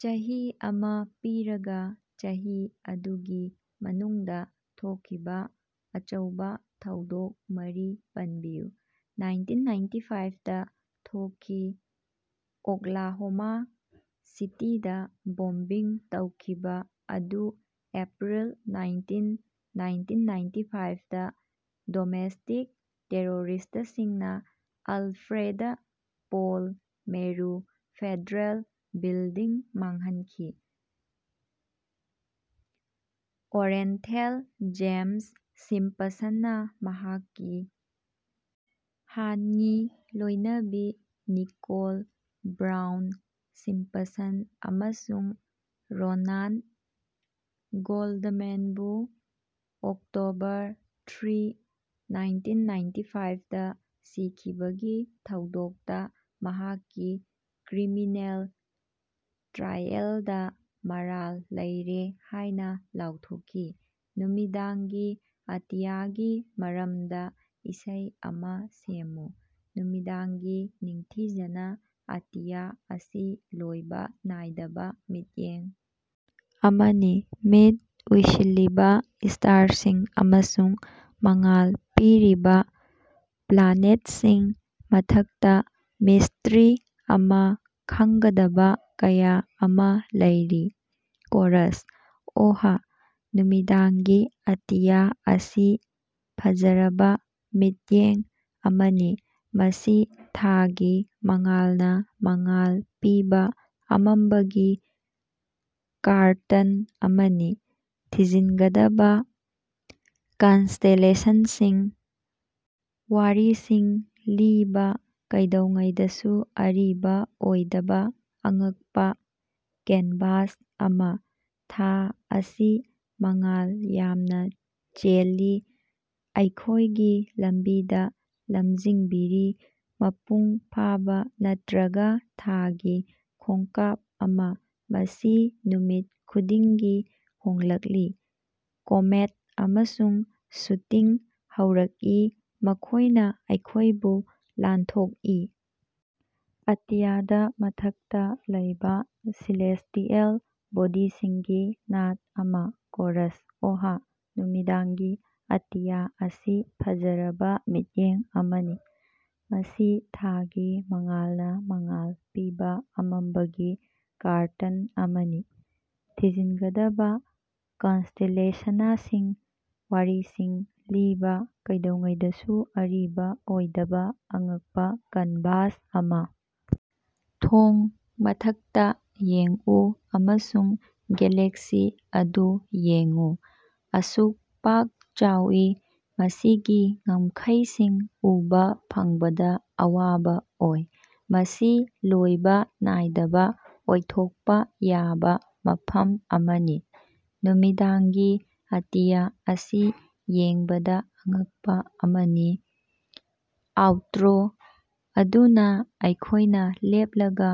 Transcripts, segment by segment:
ꯆꯍꯤ ꯑꯃ ꯄꯤꯔꯒ, ꯆꯍꯤ ꯑꯗꯨꯒꯤ ꯃꯅꯨꯡꯗ ꯊꯣꯛꯈꯤꯕ ꯑꯆꯧꯕ ꯊꯧꯗꯣꯛ ꯃꯔꯤ ꯄꯟꯕꯤꯌꯨ꯫ ꯅꯥꯏꯟꯇꯤꯟꯅꯥꯏꯟꯇꯤꯐꯥꯏꯚꯗꯥ ꯊꯣꯛꯈꯤ꯫ ꯑꯣꯛꯂꯥꯍꯣꯃꯥ ꯁꯤꯇꯤꯗꯥ ꯕꯣꯝꯕꯤꯡ ꯇꯧꯈꯤꯕ ꯑꯗꯨ ꯑꯦꯞꯄ꯭ꯔꯤꯜ ꯅꯥꯏꯟꯇꯤꯟ, ꯅꯥꯏꯟꯇꯤꯟꯅꯥꯏꯟꯇꯤꯐꯥꯏꯚꯗꯥ ꯗꯣꯃꯦꯁꯇꯤꯛ ꯇꯦꯔꯣꯔꯤꯁꯇꯁꯤꯡꯅ Alfred P Murrah federal building ꯃꯥꯡꯍꯟꯈꯤ꯫ ꯑꯣꯔꯦꯟꯊꯦꯜ ꯖꯦꯝꯁ ꯁꯤꯝꯄꯁꯟꯅꯥ ꯃꯍꯥꯛꯀꯤ ꯍꯥꯟꯉꯤ ꯂꯣꯏꯅꯕꯤ ꯅꯤꯀꯣꯜ ꯕ꯭ꯔꯥꯎꯟ ꯁꯤꯝꯄꯁꯟ ꯑꯃꯁꯨꯡ ꯔꯣꯅꯥꯟ ꯒꯣꯜꯗꯃꯦꯟꯕꯨ ꯑꯣꯛꯇꯣꯕꯔ ꯊ꯭ꯔꯤ, ꯅꯥꯏꯟꯇꯤꯟꯅꯥꯏꯟꯇꯤꯐꯥꯏꯚꯗꯥ ꯁꯤꯈꯤꯕꯒꯤ ꯊꯧꯗꯣꯛꯇꯥ ꯃꯍꯥꯛꯀꯤ ꯀ꯭ꯔꯤꯃꯤꯅꯦꯜ ꯇ꯭ꯔꯥꯏꯑꯦꯜꯗꯥ ꯃꯔꯥꯜ ꯂꯩꯔꯦ ꯍꯥꯏꯅ ꯂꯥꯎꯊꯣꯛꯈꯤ꯫ ꯅꯨꯃꯤꯗꯥꯡꯒꯤ ꯑꯇꯤꯌꯥꯒꯤ ꯃꯔꯝꯗꯥ ꯏꯁꯩ ꯑꯃ ꯁꯦꯝꯃꯨ꯫ ꯅꯨꯃꯤꯗꯥꯡꯒꯤ ꯅꯤꯡꯊꯤꯖꯅꯥ, ꯑꯇꯤꯌꯥ ꯑꯁꯤ ꯂꯣꯏꯕ ꯅꯥꯏꯗꯕ ꯃꯤꯠꯌꯦꯡ ꯑꯃꯅꯤ꯫ ꯃꯤꯠ ꯎꯏꯁꯤꯜꯂꯤꯕ ꯁ꯭ꯇꯥꯔꯁꯤꯡ ꯑꯃꯁꯨꯡ ꯃꯉꯥꯜ ꯄꯤꯔꯤꯕꯥ ꯄ꯭ꯂꯥꯅꯦꯠꯁꯤꯡ, ꯃꯊꯛꯇ ꯃꯤꯁꯇ꯭ꯔꯤ ꯑꯃ, ꯈꯪꯒꯗꯕ ꯀꯌꯥ ꯑꯃ ꯂꯩꯔꯤ꯫ ꯀꯣꯔꯁ: ꯑꯣꯍ, ꯅꯨꯃꯤꯗꯥꯡꯒꯤ ꯑꯇꯤꯌꯥ ꯑꯁꯤ ꯐꯖꯔꯕ ꯃꯤꯠꯌꯦꯡ ꯑꯃꯅꯤ, ꯃꯁꯤ ꯊꯥꯒꯤ ꯃꯉꯥꯜꯅ ꯃꯉꯥꯜ ꯄꯤꯕ ꯑꯃꯝꯕꯒꯤ ꯀꯥꯔꯇꯟ ꯑꯃꯅꯤ꯫ ꯊꯤꯖꯤꯟꯒꯗꯕ ꯀꯟꯁꯇꯦꯂꯦꯁꯟꯁꯤꯡ, ꯋꯥꯔꯤꯁꯤꯡ ꯂꯤꯕ, ꯀꯩꯗꯧꯉꯩꯗꯁꯨ ꯑꯔꯤꯕ ꯑꯣꯏꯗꯕ ꯑꯉꯛꯄꯥ ꯀꯦꯟꯚꯥꯁ ꯑꯃ꯫ ꯊꯥ ꯑꯁꯤ ꯃꯉꯥꯜ ꯌꯥꯝꯅ ꯆꯦꯜꯂꯤ, ꯑꯩꯈꯣꯏꯒꯤ ꯂꯝꯕꯤꯗ ꯂꯝꯖꯤꯡꯕꯤꯔꯤ, ꯃꯄꯨꯡ ꯐꯥꯕ ꯅꯠꯇ꯭ꯔꯒ ꯊꯥꯒꯤ ꯈꯣꯡꯀꯥꯞ ꯑꯃ, ꯃꯁꯤ ꯅꯨꯃꯤꯠ ꯈꯨꯗꯤꯡꯒꯤ ꯍꯣꯡꯂꯛꯂꯤ꯫ ꯀꯣꯃꯦꯠ ꯑꯃꯁꯨꯡ ꯁꯨꯇꯤꯡ ꯍꯧꯔꯛꯏ, ꯃꯈꯣꯏꯅ ꯑꯩꯈꯣꯏꯕꯨ ꯂꯥꯟꯊꯣꯛꯏ, ꯑꯇꯤꯌꯥꯗ ꯃꯊꯛꯇꯥ ꯂꯩꯕ ꯁꯦꯂꯦꯁꯇꯤꯑꯦꯜ ꯕꯣꯗꯤꯁꯤꯡꯒꯤ ꯅꯥꯠ ꯑꯃ꯫ ꯀꯣꯔꯁ: ꯑꯣꯍ, ꯅꯨꯃꯤꯗꯥꯡꯒꯤ ꯑꯇꯤꯌꯥ ꯑꯁꯤ ꯐꯖꯔꯕ ꯃꯤꯠꯌꯦꯡ ꯑꯃꯅꯤ, ꯃꯁꯤ ꯊꯥꯒꯤ ꯃꯉꯥꯜꯅ ꯃꯉꯥꯜ ꯄꯤꯕ ꯑꯃꯝꯕꯒꯤ ꯀꯥꯔꯇꯟ ꯑꯃꯅꯤ꯫ ꯊꯤꯖꯤꯟꯒꯗꯕꯥ ꯀꯟꯁꯇꯦꯂꯦꯁꯅꯁꯤꯡ, ꯋꯥꯔꯤꯁꯤꯡ ꯂꯤꯕ, ꯀꯩꯗꯧꯉꯩꯗꯁꯨ ꯑꯔꯤꯕ ꯑꯣꯏꯗꯕ ꯑꯉꯛꯄ ꯀꯟꯚꯥꯁ ꯑꯃ꯫ ꯊꯣꯡ: ꯃꯊꯛꯇ ꯌꯦꯡꯎ ꯑꯃꯁꯨꯡ ꯒꯦꯂꯦꯛꯁꯤ ꯑꯗꯨ ꯌꯦꯡꯉꯨ, ꯑꯁꯨꯛ ꯄꯥꯛ ꯆꯥꯎꯏ, ꯃꯁꯤꯒꯤ ꯉꯝꯈꯩꯁꯤꯡ ꯎꯕ ꯐꯪꯕꯗ ꯑꯋꯥꯕ ꯑꯣꯏ꯫ ꯃꯁꯤ ꯂꯣꯏꯕ ꯅꯥꯏꯗꯕ ꯑꯣꯏꯊꯣꯛꯄ ꯌꯥꯕ ꯃꯐꯝ ꯑꯃꯅꯤ, ꯅꯨꯃꯤꯗꯥꯡꯒꯤ ꯑꯇꯤꯌ ꯑꯁꯤ ꯌꯦꯡꯕꯗ ꯑꯉꯛꯄ ꯑꯃꯅꯤ꯫ ꯑꯥꯎꯠꯇ꯭ꯔꯣ: ꯑꯗꯨꯅ ꯑꯩꯈꯣꯏꯅ ꯂꯦꯞꯂꯒ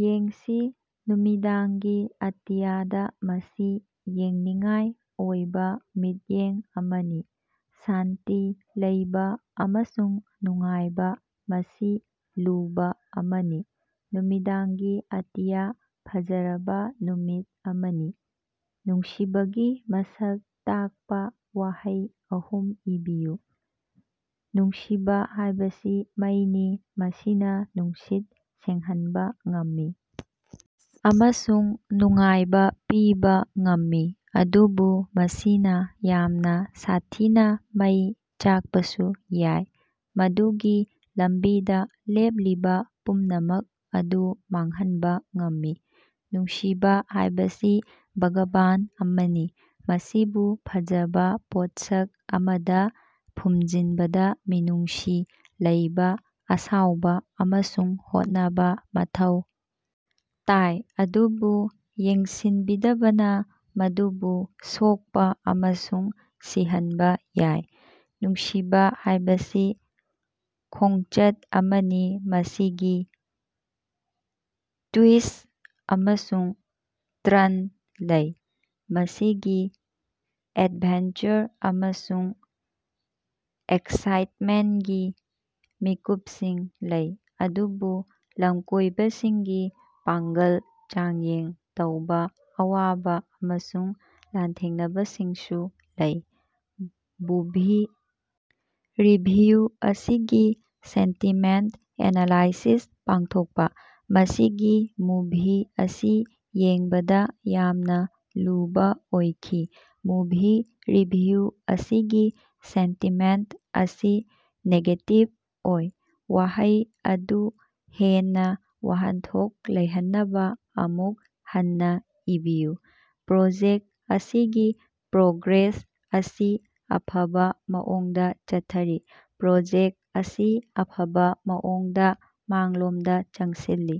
ꯌꯦꯡꯁꯤ, ꯅꯨꯃꯤꯗꯥꯡꯒꯤ ꯑꯇꯤꯌꯥꯗ, ꯃꯁꯤ ꯌꯦꯡꯅꯤꯡꯉꯥꯏ ꯑꯣꯏꯕ ꯃꯤꯠꯌꯦꯡ ꯑꯃꯅꯤ꯫ ꯁꯥꯟꯇꯤ ꯂꯩꯕ ꯑꯃꯁꯨꯡ ꯅꯨꯡꯉꯥꯏꯕ, ꯃꯁꯤ ꯂꯨꯕ ꯑꯃꯅꯤ, ꯅꯨꯃꯤꯗꯥꯡꯒꯤ ꯑꯇꯤꯌꯥ, ꯐꯖꯔꯕ ꯅꯨꯃꯤꯠ ꯑꯃꯅꯤ꯫ ꯅꯨꯡꯁꯤꯕꯒꯤ ꯃꯁꯛ ꯇꯥꯛꯄ ꯋꯍꯩ ꯑꯍꯨꯝ ꯏꯕꯤꯌꯨ꯫ ꯅꯨꯡꯁꯤꯕ ꯍꯥꯏꯕꯁꯤ ꯃꯩꯅꯤ: ꯃꯁꯤꯅ ꯅꯨꯡꯁꯤꯠ ꯁꯦꯡꯍꯟꯕ ꯉꯝꯃꯤ ꯑꯃꯁꯨꯡ ꯅꯨꯡꯉꯥꯏꯕ ꯄꯤꯕ ꯉꯝꯃꯤ, ꯑꯗꯨꯕꯨ ꯃꯁꯤꯅ ꯌꯥꯝꯅ ꯁꯥꯊꯤꯅ ꯃꯩ ꯆꯥꯛꯄꯁꯨ ꯌꯥꯏ, ꯃꯗꯨꯒꯤ ꯂꯝꯕꯤꯗ ꯂꯦꯞꯂꯤꯕ ꯄꯨꯝꯅꯃꯛ ꯑꯗꯨ ꯃꯥꯡꯍꯟꯕ ꯉꯝꯃꯤ꯫ ꯅꯨꯡꯁꯤꯕꯥ ꯍꯥꯏꯕꯁꯤ ꯕꯒꯥꯕꯥꯟ ꯑꯃꯅꯤ: ꯃꯁꯤꯕꯨ ꯐꯖꯕ ꯄꯣꯠꯁꯛ ꯑꯃꯗ ꯐꯨꯝꯖꯤꯟꯕꯗ ꯃꯤꯅꯨꯡꯁꯤ ꯂꯩꯕ, ꯑꯁꯥꯎꯕ ꯑꯃꯁꯨꯡ ꯍꯣꯠꯅꯕ ꯃꯊꯧ ꯇꯥꯏ, ꯑꯗꯨꯕꯨ ꯌꯦꯡꯁꯤꯟꯕꯤꯗꯕꯅ ꯃꯗꯨꯕꯨ ꯁꯣꯛꯄ ꯑꯃꯁꯨꯡ ꯁꯤꯍꯟꯕ ꯌꯥꯏ꯫ ꯅꯨꯡꯁꯤꯕ ꯍꯥꯏꯕꯁꯤ ꯈꯣꯡꯆꯠ ꯑꯃꯅꯤ: ꯃꯁꯤꯒꯤ ꯇ꯭ꯌꯨꯏꯁ ꯑꯃꯁꯨꯡ ꯇ꯭ꯔꯟ ꯂꯩ, ꯃꯁꯤꯒꯤ ꯑꯦꯗꯚꯦꯟꯆꯔ ꯑꯃꯁꯨꯡ ꯑꯦꯛꯁꯥꯏꯠꯃꯦꯟꯒꯤ ꯃꯤꯀꯨꯞꯁꯤꯡ ꯂꯩ, ꯑꯗꯨꯕꯨ ꯂꯝꯀꯣꯏꯕꯁꯤꯡꯒꯤ ꯄꯥꯡꯒꯜ ꯆꯥꯡꯌꯦꯡ ꯇꯧꯕ ꯑꯋꯥꯕ ꯑꯃꯁꯨꯡ ꯂꯥꯟꯊꯦꯡꯅꯕꯁꯤꯡꯁꯨ ꯂꯩ꯫ ꯕꯨꯚꯤ ꯔꯤꯚꯤꯌꯨ ꯑꯁꯤꯒꯤ ꯁꯦꯟꯇꯤꯃꯦꯟꯠ ꯑꯦꯅꯥꯂꯥꯏꯁꯤꯁ ꯄꯥꯡꯊꯣꯛꯄ꯫ ꯃꯁꯤꯒꯤ ꯃꯨꯚꯤ ꯑꯁꯤ ꯌꯦꯡꯕꯗ ꯌꯥꯝꯅ ꯂꯨꯕ ꯑꯣꯏꯈꯤ꯫ ꯃꯨꯚꯤ ꯔꯤꯚꯤꯌꯨ ꯑꯁꯤꯒꯤ ꯁꯦꯟꯇꯤꯃꯦꯟꯠ ꯑꯁꯤ ꯅꯦꯒꯦꯇꯤꯚ ꯑꯣꯏ꯫ ꯋꯥꯍꯩ ꯑꯗꯨ ꯍꯦꯟꯅꯥ ꯋꯥꯍꯟꯊꯣꯛ ꯂꯩꯍꯟꯅꯕ ꯑꯃꯨꯛ ꯍꯟꯅ ꯏꯕꯤꯌꯨ꯫ ꯄ꯭ꯔꯣꯖꯦꯛ ꯑꯁꯤꯒꯤ ꯄ꯭ꯔꯣꯒ꯭ꯔꯦꯁ ꯑꯁꯤ ꯑꯐꯕ ꯃꯑꯣꯡꯗ ꯆꯠꯊꯔꯤ꯫ ꯄ꯭ꯔꯣꯖꯦꯛ ꯑꯁꯤ ꯑꯐꯕ ꯃꯑꯣꯡꯗ ꯃꯥꯡꯂꯣꯝꯗ ꯆꯪꯁꯤꯜꯂꯤ꯫